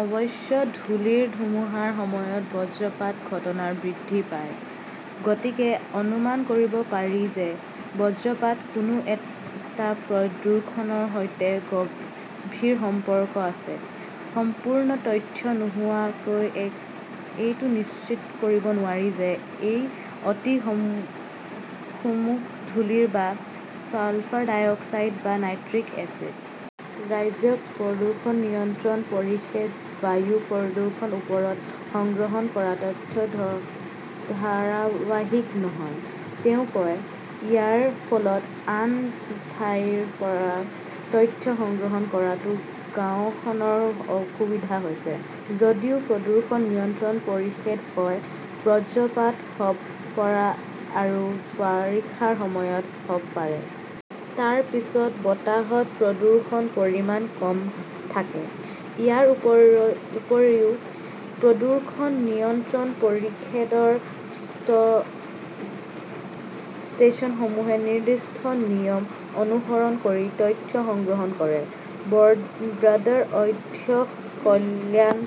অৱশ্যে ধূলিৰ ধুমুহাৰ সময়ত বজ্ৰপাতৰ ঘটনা বৃদ্ধি পায়। গতিকে অনুমান কৰিব পাৰি যে, বজ্ৰপাতৰ কোনো এটা প্ৰদূষকৰ সৈতে গভীৰ সম্পৰ্ক আছে। সম্পূৰ্ণ তথ্য নোহোৱাকৈ এইটো নিশ্চিত কৰিব নোৱাৰি যে, ই অতি সূক্ষ্ম ধূলি বা ছালফাৰ-ডাই-অক্সাইড বা নাইট্ৰছ অক্সাইড। "ৰাজ্যিক প্ৰদূষণ নিয়ন্ত্ৰণ পৰিষদে বায়ু প্ৰদূষণৰ ওপৰত সংগ্ৰহন কৰা তথ্য ধাৰাবাহিক নহয়", তেওঁ কয়। ইয়াৰ ফলত আন ঠাইৰ পৰা তথ্য সংগ্ৰহ কৰাটো গাওঁখনৰ অসুবিধা হৈছে। "যদিও প্ৰদূষণ নিয়ন্ত্ৰণ পৰিষদে কয়, বজ্ৰপাত হ'ব পাৰে আৰু বাৰিষাৰ সময়ত হ'ব পাৰে। তাৰ পিছত বতাহত প্ৰদূষণৰ পৰিমাণো কম থাকে। ইয়াৰ উপৰ উপৰিও, প্ৰদূষণ নিয়ন্ত্ৰণ পৰিষদৰ স্ত ষ্টেচনসমূহে নিৰ্দিষ্ট নিয়ম অনুসৰণ কৰি তথ্য সংগ্ৰহ কৰে। বৰ্ডৰ অধ্যক্ষ কল্যাণ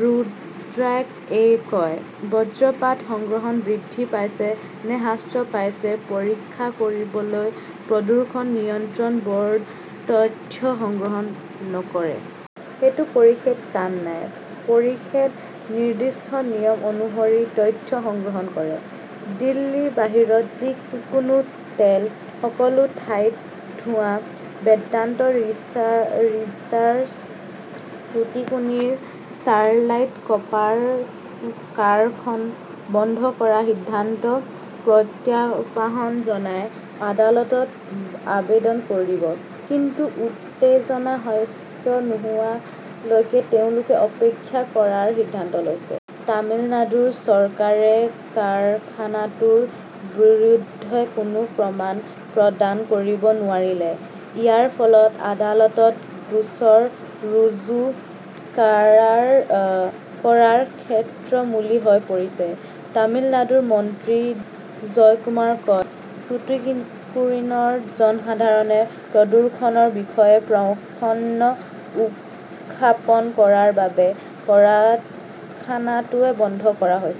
ৰুদ্ৰই কয়, "বজ্ৰপাতৰ সংখ্যা বৃদ্ধি পাইছে নে হ্ৰাস পাইছে পৰীক্ষা কৰিবলৈ প্ৰদূষণ নিয়ন্ত্ৰণ বৰ্ড তথ্য সংগ্ৰহন নকৰে। সেইটো পৰিষদ কাম নাই। পৰিষদে নিৰ্দিষ্ট নিয়ম অনুসৰি তথ্য সংগ্ৰহ কৰে"। দিল্লীৰ বাহিৰত যিকোনো তেল, সকলো ঠাইতে ধোঁৱা বেদান্ত ৰিচাৰ্চ ৰিজাৰ্ছে টুটিকোৰিনৰ ষ্টাৰলাইট কপাৰ কাৰখন বন্ধ কৰাৰ সিদ্ধান্তক প্ৰত্যাহ্বান জনাই আদালতত আবেদন কৰিব। কিন্তু উত্তেজনা হ্ৰাস নোহোৱালৈকে তেওঁলোকে অপেক্ষা কৰাৰ সিদ্ধান্ত লৈছে। তামিলনাডু চৰকাৰে কাৰখানাটোৰ বিৰুদ্ধে কোনো প্ৰমাণ প্ৰদান কৰিব নোৱাৰিলে। ইয়াৰ ফলত আদালতত গোচৰ ৰুজু কৰাৰ কৰাৰ ক্ষেত্ৰ মুকলি হৈ পৰিছে। তামিলনাডুৰ মন্ত্ৰী ডি জয়কুমাৰে কয়, "টুটিকোৰিনৰ জনসাধাৰণে প্ৰদূষণৰ বিষয়ে প্ৰশ্ন উত্থাপন কৰাৰ বাবে কাৰখানাটো বন্ধ কৰা হৈছে।